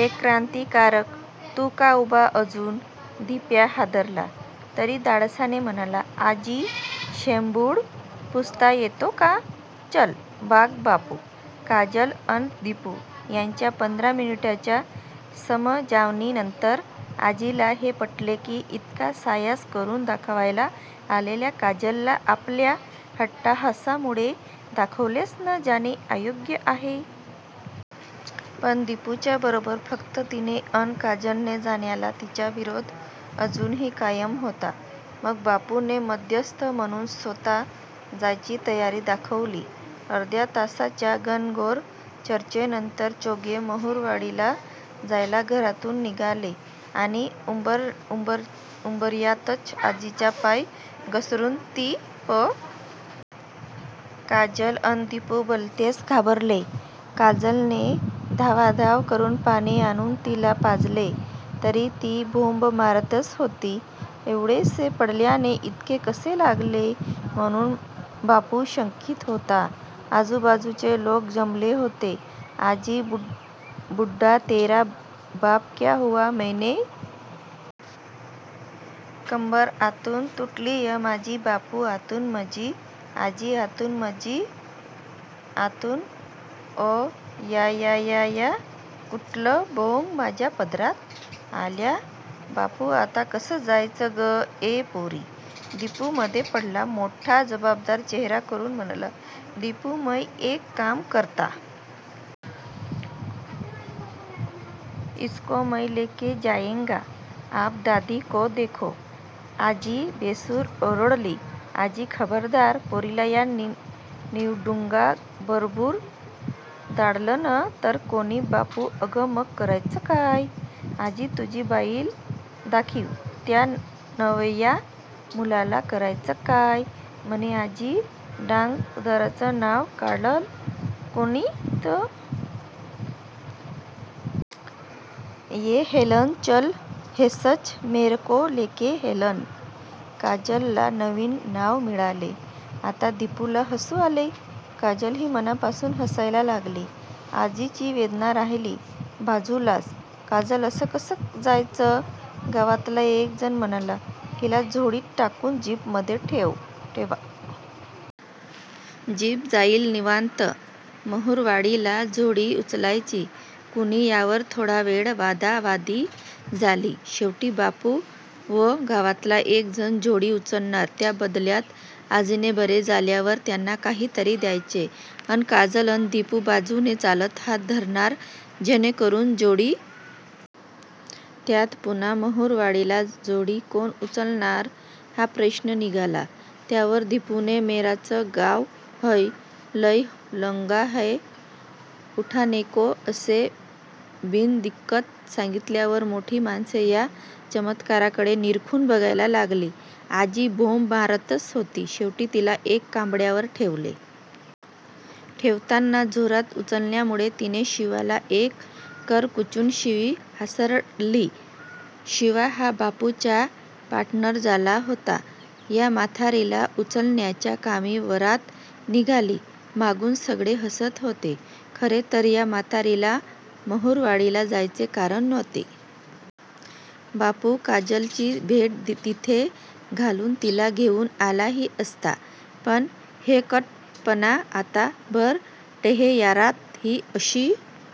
ए क्रान्तीकारक? तू का उभा अजून? दिप्या हादरला. तरी धाडसाने म्हणाला. आजी शेंबुड पुसता येतो का? चल्ल भाग बापू, काजल अन दिपू यांच्या पंधरा मिनिटांच्या समजावणीनंतर आजीला हे पटले की इतका सायास करून दाखवायला आलेल्या काजलला आपल्या अट्टाहासामुळे दाखवलेच न जाणे अयोग्य आहे. पण दिपूच्या बरोबर फक्त तिने अन काजलने जाण्याला तिचा विरोध अजूनही कायम होता. मग बापूने मध्यस्थ म्हणून स्वतः जायची तयारी दाखवली. अर्ध्या तासाच्या घनघोर चर्चेनंतर चौघे महुरवाडीला जायला घरातून निघाले आणि उंबर्यातच आजीचा पाय घसरुन ती पडली अन ठयाठया बोंब मारू लागली. काजल अन दिपू भलतेच घाबरले. काजलने धावाधाव करून पाणी आणून तिला पाजले. तरी ती बोंब मारतच होती. एवढेसे पडल्याने इतके कसे लागले म्हणून बापू शंकीत होता. आजूबाजूचे लोक जमले होते. आजी बुढ्ढा तेरा बाप क्या हुवा म्हणे. कंबर आतून तुटलीय माझी बापू आतून म्हंजी? आजी आतून म्हंजी आतून अयायायायायाया कुटलं भोग माज्या पदरात आलया. बापू आता कसं जायचं गं ए पोरी? दिपू मधे पडला. मोठा जबाबदार चेहरा करून म्हणाला. दिपू मय एक काम करता. इसको मय लेके जायेंगा. आप दादीको देखो.आजी भेसूर ओरडली. आजी खबरदार पोरीला या निवडुंगाबरुबर धाडलन तर कुणी बापू अगं मंग करायचं काय? आजी तुझी बाईल दाखीव त्या नवर्या मुलाला करायचं काय म्हणी आजी डागदरचं नाव काढलन कुणी तर गावाच शमशान करल मय बापू म्हातारी वेडी हाये आजी वेडा तुझा बाप हाय. ये हेलन चल ऐसेच मेरेको लेके हेलन! काजलला नवीन नाव मिळाले. आता दिपूला हसू आले. काजलही मनापासून हसायला लागली. आजीची वेदना राहिली बाजूलाच! काजल असं कसं जायचं? गावातला एक जण म्हणाला हिला झोळीत टाकून जीपमधे ठेवा. जीप जाईल निवांत महुरवाडीला. झोळी उचलायची कुणी यावर थोडा वेळ वादावादी झाली. शेवटी बापू व गावातला एक जण झोळी उचलणार, त्याबदल्यात आजीने बरे झाल्यावर त्यांना काहीतरी द्यायचे अन काजल अन दिपू बाजूने चालत हात धरणार, जेणेकरून झोळी काळजीपुर्वक जीपपर्यंत पोचेल असे ठरले. त्यात पुन्हा महुरवाडीला झोळी कोण उचलणार हा प्रश्न निघाला. त्यावर दिपूने 'मेराच गाव हय. लय लोगां है उठानेको' असे बिनदिक्कत सांगीतल्यावर मोठी माणसे या चमत्काराकडे निरखून बघायला लागली. आजी बोंब मारतच होती. शेवटी तिला एका कांबळ्यावर ठेवले. ठेवताना जोरात उचलल्यामुळे तिने शिवाला एक करकचून शिवी हासडली. शिवा हा बापुचा पार्टनर झाला होता या म्हातारीला उचलण्याच्या कामी! वरात निघाली. मागून सगळे हसत होते. खरे तर या म्हातारीला महुरवाडीला जायचे कारण नव्हते. बापू काजलची भेट तिथे घालून तिला घेऊन आलाही असता. पण हेकटपणा! आता भर टहेर्यातून ही अशी